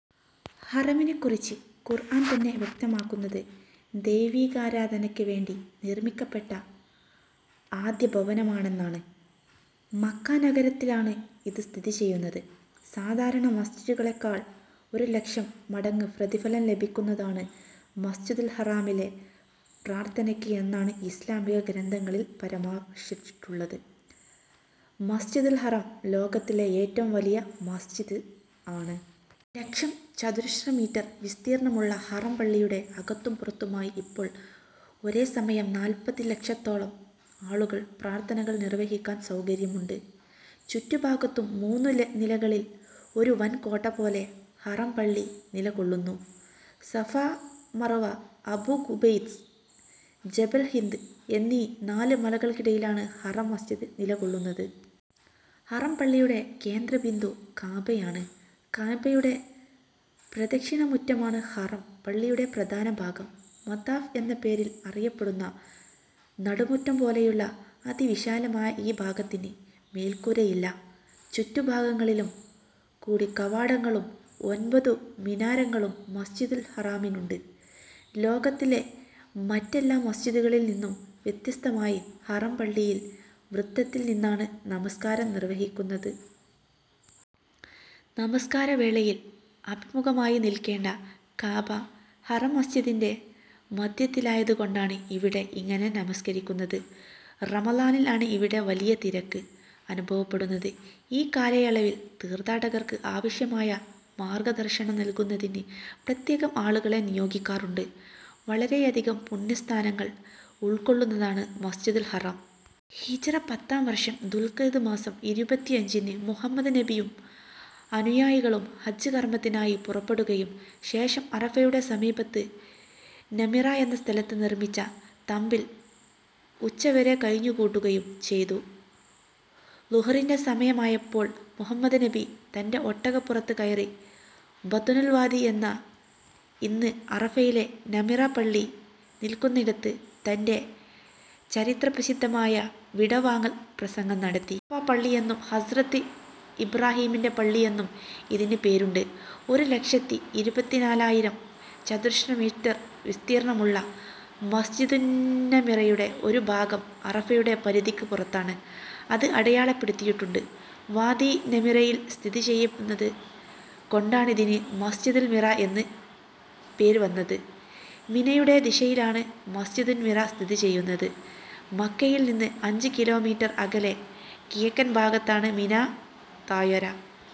ഹറമിനെ കുറിച്ച് ഖുർആൻ തന്നെ വ്യക്തമാക്കുന്നത് ദൈവികാരാധനക്ക് വേണ്ടി നിർമ്മിക്കപ്പെട്ട ആദ്യഭവനമെന്നാണ്. മക്ക നഗരത്തിലാണ് ഇത് സ്ഥിതി ചെയ്യുന്നത്. സാധാരണ മസ്ജിദുകളെക്കാൾ ഒരു ലക്ഷം മടങ്ങ് പ്രതിഫലം ലഭിക്കുന്നതാണ് മസ്ജിദുൽ ഹറാമിലെ പ്രാർത്ഥനക്ക് എന്നാണു ഇസ്ലാമിക ഗ്രന്ഥങ്ങളിൽ പരാമർശിച്ചിട്ടുള്ളത്. മസ്ജിദുൽ ഹറം ലോകത്തിലെ ഏറ്റവും വലിയ മസ്ജിദ് ആണ്. ലക്ഷം ചതുരശ്ര മീറ്റർ വിസ്തീർണമുള്ള ഹറം പള്ളിയുടെ അകത്തും പുറത്തുമായി ഇപ്പോൾ ഒരേ സമയം നാൽപ്പതു ലക്ഷത്തോളം ആളുകൾക്ക് പ്രാർത്ഥന നിർവഹിക്കാൻ സൌകര്യമുണ്ട്. ചുറ്റു ഭാഗത്തും മൂന്നു നിലകളിൽ ഒരു വൻ കോട്ട പോലെ ഹറം പള്ളി നില കൊള്ളുന്നു. സഫാ, മർവാ, അബൂ ഖുബൈസ്, ജബൽ ഹിന്ദ് എന്നീ നാല് മലകൾക്കിടയിലാണ് ഹറം മസ്ജിദ് നില കൊള്ളുന്നത്. ഹറം പള്ളിയുടെ കേന്ദ്ര ബിന്ദു കഅബയാണ്. കഅബയുടെ പ്രദക്ഷിണ മുറ്റമാണ് ഹറം പള്ളിയുടെ പ്രധാന ഭാഗം. മതാഫ് എന്ന പേരിൽ അറിയപ്പെടുന്ന നടുമുറ്റം പോലെയുള്ള അതിവിശാലമായ ഈ ഭാഗത്തിന് മേൽക്കൂരയില്ല. ചുറ്റു ഭാഗങ്ങളിലും കൂടി കവാടങ്ങളും ഒൻപതു മിനാരങ്ങളും മസ്ജിദുൽ ഹറാമിനുണ്ട്. ലോകത്തെ മറ്റെല്ലാ മസ്ജിദുകളിൽ നിന്നും വ്യത്യസ്തമായി ഹറം പള്ളിയിൽ വൃത്തത്തിൽ നിന്നാണ് നമസ്കാരം നിർവഹിക്കുന്നത്. നമസ്കാര വേളയിൽ അഭിമുഖമായി നിൽക്കേണ്ട കഅബ ഹറം മസ്ജിദിന്റെ മധ്യത്തിലായത് കൊണ്ടാണ് ഇവിടെ ഇങ്ങനെ നമസ്കരിക്കുന്നത്. റമദാനിൽ ആണ് ഇവിടെ വലിയ തിരക്ക് അനുഭവപ്പെടുന്നത്. ഈ കാലയളവിൽ തീർത്ഥാടകർക്ക് ആവശ്യമായ മാർഗ ദർശനം നൽകുന്നതിന് പ്രത്യേകം ആളുകളെ നിയോഗിക്കാറുണ്ട്. വളരെയധികം പുണ്യസ്ഥാനങ്ങൾ ഉൾക്കൊള്ളുന്നതാന് മസ്ജിദുൽ ഹറം. ഹിജ്റ പത്താം വർഷം ദുൽഖഅദ് മാസം ഇരുപത്തിയഞ്ചിന് മുഹമ്മദ് നബിയും അനുയായികളും ഹജ്ജ് കർമ്മത്തിനായി പുറപ്പെടുകയും ശേഷം അറഫയുടെ സമീപത്ത് നമിറ എന്ന സ്ഥലത്ത് നിർമ്മിച്ച തമ്പിൽ ഉച്ചവരെ കഴിച്ചു കൂട്ടുകയും ചെയ്തു. ളുഹറിൻറെ സമയമായപ്പോൾ മുഹമ്മദ് നബി തൻറെ ഒട്ടകപുറത്ത് കയറി ബത്വനുൽ വാദി എന്ന ഇന്ന് അറഫയിലെ നമിറ പള്ളി നിൽക്കുന്നിടത്ത് തൻറെ ചരിത്രപ്രസിദ്ധമായ വിടവാങ്ങൽ പ്രസംഗം നടത്തി. അറഫാ പള്ളിയെന്നും ഹസ്രത്ത് ഇബ്റാഹീമിന്റെ പള്ളിയെന്നും ഇതിനു പേരുണ്ട്. ഒരു ലക്ഷത്തി ഇരുപത്തിനാലായിരം ചതുരശ്രമീറ്റർ വിസ്തീർണമുള്ള മസ്ജിദുന്നമിറയുടെ ഒരു ഭാഗം അറഫയുടെ പരിധിക്ക് പുറത്താണ്. അത് അടയാളപ്പെടുത്തിയിട്ടുണ്ട്. വാദീ നമിറയിൽസ്ഥിതിചെയ്യുന്നത് കൊണ്ടാണിതിന് മസ് ജിദുന്നമിറ എന്ന് പേർവന്നത്. മിനയുടെ ദിശയിലാണ് മസ് ജിദുന്നമിറ സ്ഥിതിചെയ്യുന്നത്. മക്കയിൽ നിന്ന് അഞ്ച് കിലോമീറ്റർ അകലെ കിഴക്ക് ഭാഗത്താണ് മിനാ താഴ്വര.